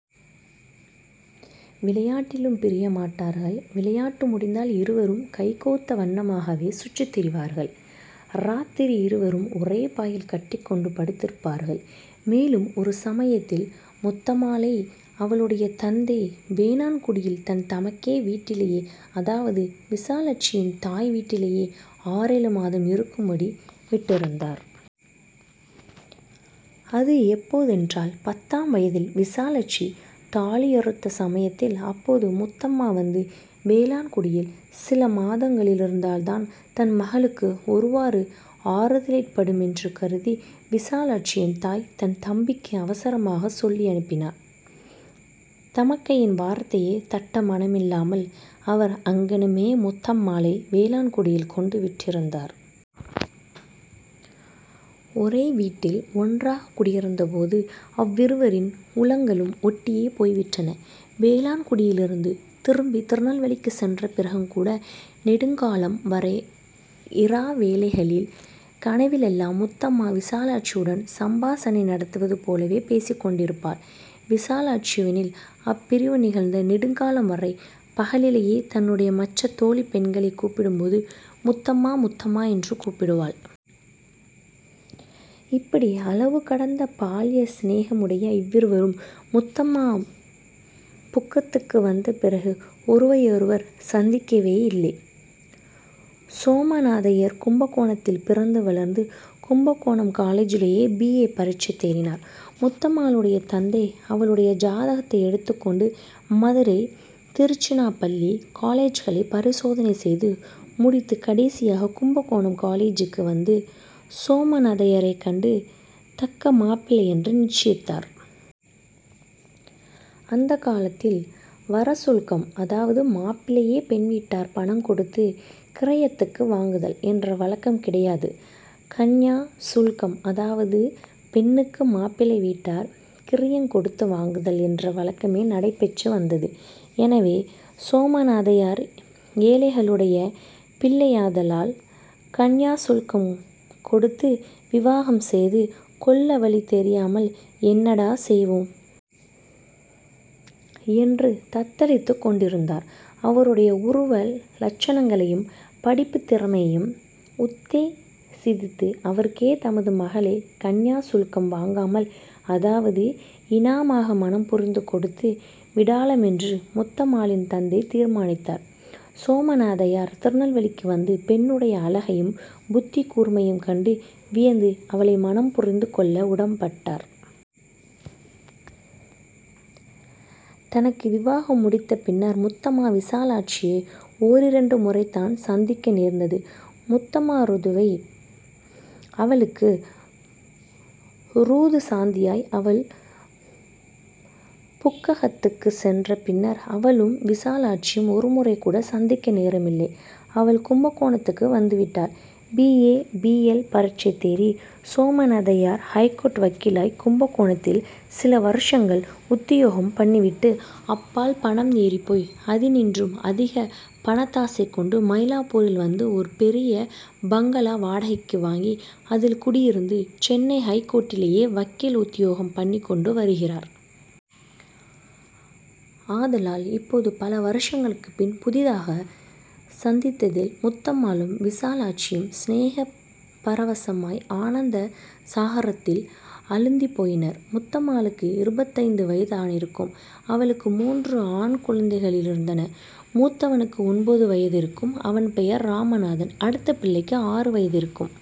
விளையாட்டிலும் பிரிய மாட்டார்கள். விளையாட்டு முடிந்தால் இருவரும் கைகோத்த வண்ணமாகவே சுற்றித் திரிவார்கள். இராத்திரி, இருவரும் ஒரே பாயில் கட்டிக் கொண்டு படுத்திருப்பார்கள். மேலும், ஒரு சமயத்தில் முத்தம்மாளை அவளுடைய தந்தை வேளாண்குடியில் தன் தமக்கை வீட்டிலேயே, அதாவது, விசாலாட்சியின் தாய் வீட்டிலேயே, ஆறேழு மாதம் இருக்கும்படி விட்டிருந்தார். அது எப்போதென்றால், பத்தாம் வயதில் விசாலாட்சி தாலியறுத்த சமயத்தில், அப்போது முத்தம்மா வந்து வேளாண்குடியில் சில மாதங்களிருந்தால்தான் தன் மகளுக்கு ஒருவாறு ஆறுதலேற்படுமென்று கருதி விசாலாட்சியின் தாய் தன் தம்பிக்கு அவசரமாகச் சொல்லியனுப்பினான். தமக்கையின் வார்த்தையைத் தட்ட மனமில்லாமல், அவர் அங்ஙனமே முத்தம்மாளை வேளாண்குடியில் கொண்டு விட்டிருந்தார். ஒரே வீட்டில் ஒன்றாகக் குடியிருந்தபோது அவ்விருவரின் உளங்களும் ஒட்டியே போய்விட்டன. வேளாண்குடியிலிருந்து திரும்பித் திருநெல்வேலிக்குச் சென்ற பிறகுங்கூட நெடுங்காலம் வரை இரா வேளைகளில் கனவிலெல்லாம் முத்தம்மா விசாலாட்சியுடன் சம்பாஷணை நடத்துவது போலவே பேசிக் கொண்டிருப்பாள். விசாலாட்சியோவெனில், அப்பிரிவு நிகழ்ந்து நெடுங்காலம் வரை பகலிலேயே தன்னுடைய மற்றத் தோழிப் பெண்களைக் கூப்பிடும்போது 'முத்தம்மா, முத்தம்மா' என்று கூப்பிடுவாள். இப்படி அளவு கடந்த பால்ய சிநேகமுடைய இவ்விருவரும், முத்தம்மா புக்கத்துக்கு வந்த பிறகு ஒருவரையருவர் சந்திக்கவேயில்லை. சோமநாதய்யர் கும்பகோணத்தில் பிறந்து வளர்ந்து கும்பகோணம் காலேஜிலேயே பீ. ஏ. பரீட்சை தேறினார். முத்தம்மாளுடைய தந்தை அவளுடைய ஜாதகத்தை எடுத்துக்கொண்டு மதுரை, திருச்சினாப்பள்ளி, காலேஜ்களைப் பரிசோதனை செய்து முடித்துக் கடைசியாகக் கும்பகோணம் காலேஜுக்கு வந்து சோமநாதய்யரைக் கண்டு தக்க மாப்பிள்ளையென்று நிச்சயித்தார். அந்தக் காலத்தில் வரசுல்கம்-அதாவது மாப்பிள்ளையைப் பெண் வீட்டார் பணங் கொடுத்துக் கிரயத்துக்கு வாங்குதல்-என்ற வழக்கம் கிடையாது. கன்யா சுல்கம்-அதாவது பெண்ணுக்கு மாப்பிள்ளை வீட்டார் கிரயங் கொடுத்து வாங்குதல்-என்ற வழக்கமே நடைபெற்று வந்தது. எனவே, சோமநாதய்யர் ஏழைகளுடைய பிள்ளையாதலால், கன்யாசுல்கம் கொடுத்து விவாகம் செய்து கொள்ள வழி தெரியாமல் ''என்னடா, செய்வோம்! '' என்று தத்தளித்துக் கொண்டிருந்தார். அவருடைய உருவ லட்சணங்களையும் படிப்புத் திறமையையும் உத்தேசித்து அவருக்கே தமது மகளைக் கன்யா சுல்கம் வாங்காமல், அதாவது இனாமாக, மணம்புரிந்து கொடுத்து விடலாமென்று முத்தம்மாளின் தந்தை தீர்மானித்தார். சோமநாதய்யர் திருநெல்வேலிக்கு வந்து பெண்ணுடைய அழகையும் புத்திக் கூர்மையையும் கண்டு வியந்து அவளை மணம்புரிந்து கொள்ள உடம்பட்டார். தனக்கு விவாகம் முடிந்த பின்னர் முத்தம்மா விசாலாட்சியை ஓரிரண்டு முறைதான் சந்திக்க நேர்ந்தது. முத்தம்மா ருதுவாய், அவளுக்கு ருது சாந்தியாய் அவள் புக்ககத்துக்குச் சென்ற பின்னர் அவளும் விசாலாட்சியும் ஒருமுறைகூட சந்திக்க நேரமில்லை. அவள் கும்பகோணத்துக்கு வந்துவிட்டாள். பி. A., B. எல். பரீட்சை தேறி, சோமநாதய்யர், ஹைகோர்ட் வக்கீலாய் கும்பகோணத்தில் சில வருஷங்கள் உத்தியோகம் பண்ணிவிட்டு, அப்பால் பணம் ஏறிப்போய் அதினின்றும் அதிகப் பணத்தாசை கொண்டு மயிலாப்பூரில் வந்து ஒரு பெரிய பங்களா வாடகைக்கு வாங்கி அதில் குடியிருந்து சென்னை ஹைகோர்ட்டிலேயே வக்கீல் உத்தியோகம் பண்ணிக்கொண்டு வருகிறார். ஆதலால், இப்போது, பல வருஷங்களுக்குப் பின் புதிதாக சந்தித்ததில், முத்தம்மாளும் விசாலாட்சியும் சிநேக பரவசமாய் ஆனந்த சாகரத்தில் அழுந்திப் போயினர். முத்தம்மாளுக்கு இருபத்தைந்து வயது தானிருக்கும். அவளுக்கு மூன்று ஆண் குழந்தைகளிருந்தன. மூத்தவனுக்கு ஒன்பது வயதிருக்கும். அவன் பெயர் ராமநாதன். அடுத்த பிள்ளைக்கு ஆறு வயதிருக்கும்.